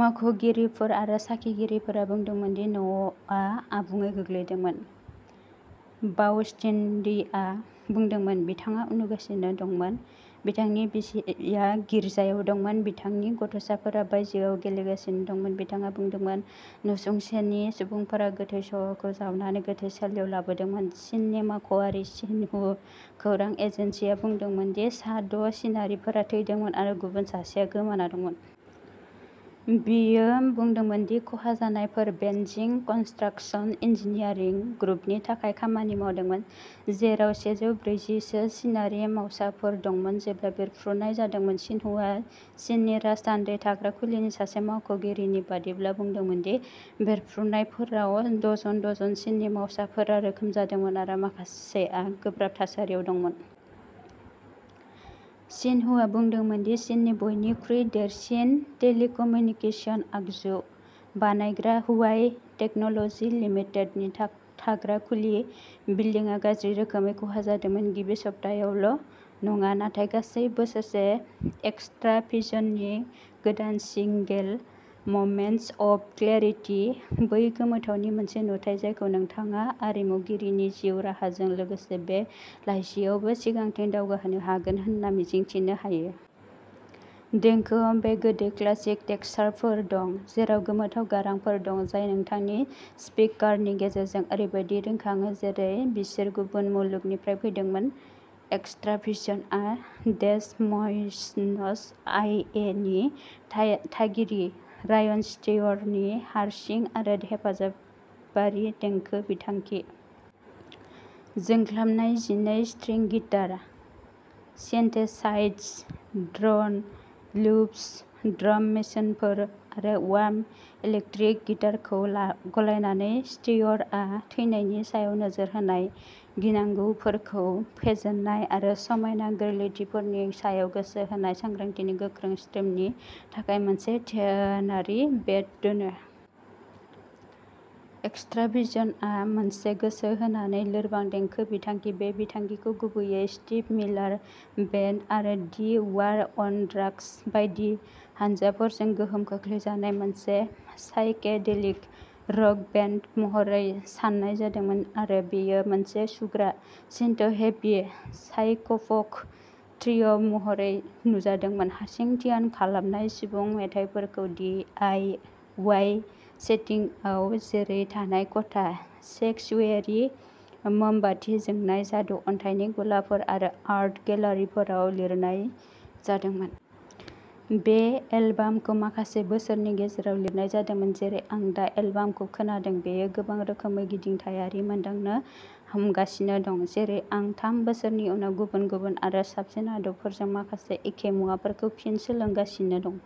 मावख'गिरिफोर आरो साखिगिरिफोरा बुंदोंमोन दि न'आ आबुङै गोग्लैदोंमोन। बाउत्सिंडीआ बुंदोंमोन, बिथाङा उन्दुगासिनो दंमोन। बिथांनि बिसिया गिर्जायाव दंमोन। बिथांनि गथ'साफोरा बायजोआव गेलेगासिनो दंमोन। बिथाङा बुंदोंमोन, "नसुंसेनि सुबुंफोरा गोथै सह'खौ जावनानै गोथैसालियाव लाबोदोंमोन।" चिननि मावख'आरि सिनहु खौरां एजेन्सिआ बुंदोंमोन दि सा द' चिनारिफोरा थैदोंमोन आरो गुबुन सासेआ गोमाना दंमोन। बेयो बुंदोंमोन दि खहा जानायफोर बेनजिं कन्सट्राक्शन इन्जिनियारिं ग्रुपनि थाखाय खामानि मावदोंमोन, जेराव सेजौ ब्रैजि सो चिनारि मावसाफोर दंमोन जेब्ला बेरफ्रुनाय जादोंमोन। सिनहुआ चिननि राजथान्दै थाग्रा खुलिनि सासे मावख'गिरिनि बादिब्ला बुंदोंमोन दि बेरफ्रुनायफोराव डजन-डजन चिननि मावसाफोरा जोखोम जादोंमोन आरो माखासेआ गोब्राब थासारियाव दंमोन। सिनहुआ बुंदोंमोन दि चीननि बयनिख्रुइ देरसिन टेलिकम्युनिकेशन आगजु बानायग्रा हुवाई टेक्न'ल'जि लिमिटेडनि थाग्रा खुलि बिल्दिंआ गाज्रि रोखोमै खहा जादोंमोन। गिबि सप्तायावल' नङा, नाथाय गासै बोसोरसे एक्सट्राभिजननि गोदान सिंगेल, "ममेन्ट्स अफ क्लेरिटि", बै गोमोथावनि मोनसे नुथाइ जायखौ नोंथाङा आरिमुगिरिनि जिउ राहाजों लोगोसे बे लाइसिआवबो सिगांथिं दावगाहोनो हागोन होनना मिजिंथिनो हायो। देंखोआव बे गोदै क्लासिक टेक्सचारफोर दं, जेराव गोमोथाव गारांफोर दं, जाय नोंथांनि स्पिकारनि गेजेरजों ओरैबायदि रिंखाङो जेरै बिसोर गुबुन मुलुगनिफ्राय फैदोंमोन। एक्सट्राभिजनआ डेस मइसनस, आइ ए नि थाय थागिरि रायन स्टियर नि हारसिं आरो हेफाजाब आरि देंखो बिथांखि। जोंख्लाबनाय जिनै string guitar, synthesizers drone loops, drum मेसिनफोर, आरो वार्म इलेक्ट्रिक गिटारखौ ला गलायनानै, स्टियरआ थैनायनि सायाव नोजोर होनाय, गिनांगौफोरखौ फेजेननाय, आरो समायना गोरलैथिफोरनि सायाव गोसो होनाय सांग्रांथिनि गोख्रों स्ट्रिमनि थाखाय मोनसे ध्यानारि बेड दोनो। एक्सट्राभिजनआ मोनसे गोसो होनानै लोरबां देंखो बिथांखि। बे बिथांखिखौ गुबैयै स्टीव मिलार बैंड आरो दि वार अन ड्रग्स बायदि हानजाफोरजों गोहोम खोख्लैजानाय मोनसे साइकेडेलिक रक बेन्ड महरै सान्नाय जादोंमोन आरो बेयो मोनसे सुग्रा, सिन्थ'-हेभि साइकफ'क त्रिय' महरै नुजादोंमोन हारसिं ध्यान खालामनाय सुबुं मेथाइफोरखौ डि आइ वाइ सेटिंआव जेरै थानाय खथा, सेंक्सुयेरि, मोमबाति जोंनाय जादु अन्थाइनि गलाफोर आरो आर्ट गेलारिफोराव लिरनाय जादोंमोन। बे एलबामखौ माखासे बोसोरनि गेजेराव लिरनाय जादोंमोन। जेरै आं दा एलबामखौ खोनादों, बेयो गोबां रोखोमै गिदिंथायारि मोनदांनो हमगासिनो दं। जेरै आं थाम बोसोरनि उनाव गुबुन-गुबुन आरो साबसिन आदबफोरजों माखासे एखे मुवाफोरखौ फिन सोलोंगासिनो दं।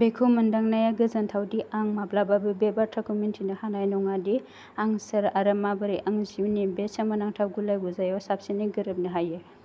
बेखौ मोनदांनाया गोजोनथाव दि आं माब्लाबाबो बे बाथ्राखौ मिन्थिनो हानाय नङा दि आं सोर आरो माबोरै आं जिउनि बे सोमोनांथाव गुलाय-गुजायाव साबसिनै गोरोबनो हायो।